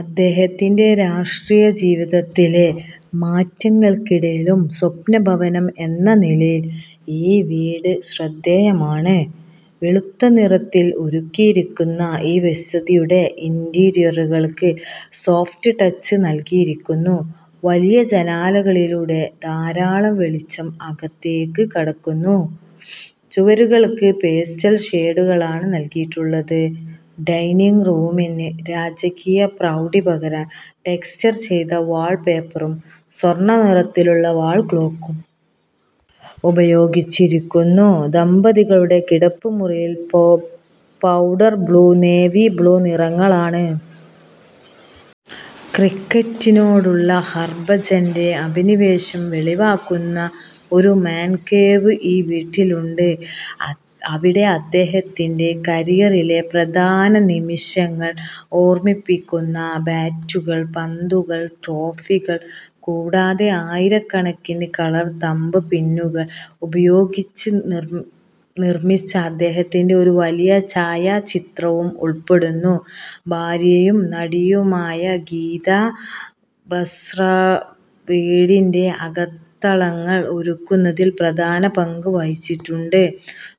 അദ്ദേഹത്തിന്റെ രാഷ്ട്രീയ ജീവിതത്തിലെ മാറ്റങ്ങൾക്കിടയിലും, സ്വപ്നഭവനം എന്ന നിലയിൽ ഈ വീട് ശ്രദ്ധേയമാണ്. വെളുത്ത നിറത്തിൽ ഒരുക്കിയിരിക്കുന്ന ഈ വസതിയുടെ ഇന്റീരിയറുകൾക്ക് 'സോഫ്റ്റ് ടച്ച്' നൽകിയിരിക്കുന്നു, വലിയ ജനാലകളിലൂടെ ധാരാളം വെളിച്ചം അകത്തേക്ക് കടക്കുന്നു, ചുവരുകൾക്ക് പേസ്റ്റൽ ഷേഡുകളാണ് നൽകിയിട്ടുള്ളത്. ഡൈനിങ് റൂമിന് രാജകീയ പ്രൗഢി പകരാൻ ടെക്സ്ചർ ചെയ്ത വാൾപേപ്പറും സ്വർണ നിറത്തിലുള്ള വാൾ ക്ലോക്കും ഉപയോഗിച്ചിരിക്കുന്നു, ദമ്പതികളുടെ കിടപ്പുമുറിയിൽ പൗഡർ-ബ്ലൂ, നേവി ബ്ലൂ നിറങ്ങളാണ്. ക്രിക്കറ്റിനോടുള്ള ഹർഭജന്റെ അഭിനിവേശം വെളിവാക്കുന്ന ഒരു 'മാൻ കേവ്' ഈ വീട്ടിലുണ്ട്, അവിടെ അദ്ദേഹത്തിന്റെ കരിയറിലെ പ്രധാന നിമിഷങ്ങൾ ഓർമ്മിപ്പിക്കുന്ന ബാറ്റുകൾ, പന്തുകൾ, ട്രോഫികൾ, കൂടാതെ ആയിരക്കണക്കിന് കളർ തംബ് പിന്നുകൾ ഉപയോഗിച്ച് നിർമ്മിച്ച അദ്ദേഹത്തിന്റെ ഒരു വലിയ ഛായാചിത്രവും ഉൾപ്പെടുന്നു. ഭാര്യയും നടിയുമായ ഗീത ബസ്ര വീടിന്റെ അകത്തളങ്ങൾ ഒരുക്കുന്നതിൽ പ്രധാന പങ്ക് വഹിച്ചിട്ടുണ്ട്,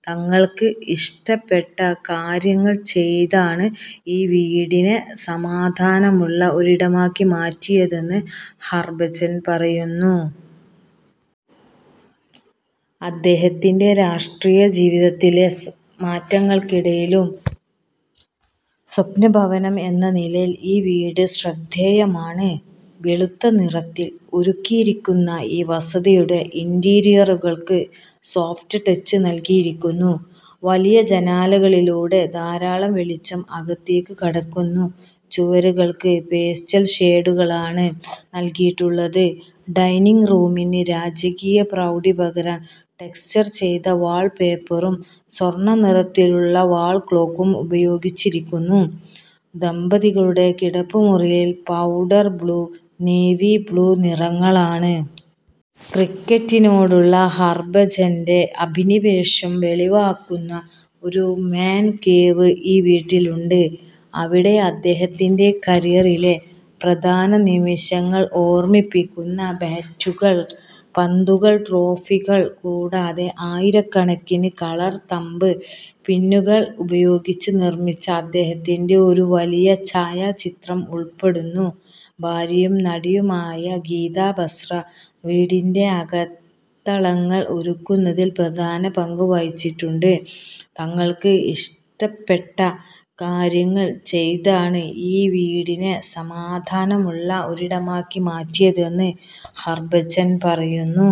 തങ്ങൾക്ക് ഇഷ്ടപ്പെട്ട കാര്യങ്ങൾ ചെയ്താണ് ഈ വീടിനെ സമാധാനമുള്ള ഒരിടമാക്കി മാറ്റിയതെന്ന് ഹർഭജൻ പറയുന്നു. അദ്ദേഹത്തിന്റെ രാഷ്ട്രീയ ജീവിതത്തിലെ മാറ്റങ്ങൾക്കിടയിലും, സ്വപ്നഭവനം എന്ന നിലയിൽ ഈ വീട് ശ്രദ്ധേയമാണ്. വെളുത്ത നിറത്തിൽ ഒരുക്കിയിരിക്കുന്ന ഈ വസതിയുടെ ഇന്റീരിയറുകൾക്ക് 'സോഫ്റ്റ് ടച്ച്' നൽകിയിരിക്കുന്നു, വലിയ ജനാലകളിലൂടെ ധാരാളം വെളിച്ചം അകത്തേക്ക് കടക്കുന്നു, ചുവരുകൾക്ക് പേസ്റ്റൽ ഷേഡുകളാണ് നൽകിയിട്ടുള്ളത്. ഡൈനിങ് റൂമിന് രാജകീയ പ്രൗഢി പകരാൻ ടെക്സ്ചർ ചെയ്ത വാൾപേപ്പറും സ്വർണ നിറത്തിലുള്ള വാൾ ക്ലോക്കും ഉപയോഗിച്ചിരിക്കുന്നു, ദമ്പതികളുടെ കിടപ്പുമുറിയിൽ പൗഡർ-ബ്ലൂ, നേവി ബ്ലൂ നിറങ്ങളാണ്. ക്രിക്കറ്റിനോടുള്ള ഹർഭജന്റെ അഭിനിവേശം വെളിവാക്കുന്ന ഒരു 'മാൻ കേവ്' ഈ വീട്ടിലുണ്ട്, അവിടെ അദ്ദേഹത്തിന്റെ കരിയറിലെ പ്രധാന നിമിഷങ്ങൾ ഓർമ്മിപ്പിക്കുന്ന ബാറ്റുകൾ, പന്തുകൾ, ട്രോഫികൾ, കൂടാതെ ആയിരക്കണക്കിന് കളർ തംബ് പിന്നുകൾ ഉപയോഗിച്ച് നിർമ്മിച്ച അദ്ദേഹത്തിന്റെ ഒരു വലിയ ഛായാചിത്രവും ഉൾപ്പെടുന്നു. ഭാര്യയും നടിയുമായ ഗീത ബസ്ര വീടിന്റെ അകത്തളങ്ങൾ ഒരുക്കുന്നതിൽ പ്രധാന പങ്ക് വഹിച്ചിട്ടുണ്ട്, തങ്ങൾക്ക് ഇഷ്ടപ്പെട്ട കാര്യങ്ങൾ ചെയ്താണ് ഈ വീടിനെ സമാധാനമുള്ള ഒരിടമാക്കി മാറ്റിയതെന്ന് ഹർഭജൻ പറയുന്നു.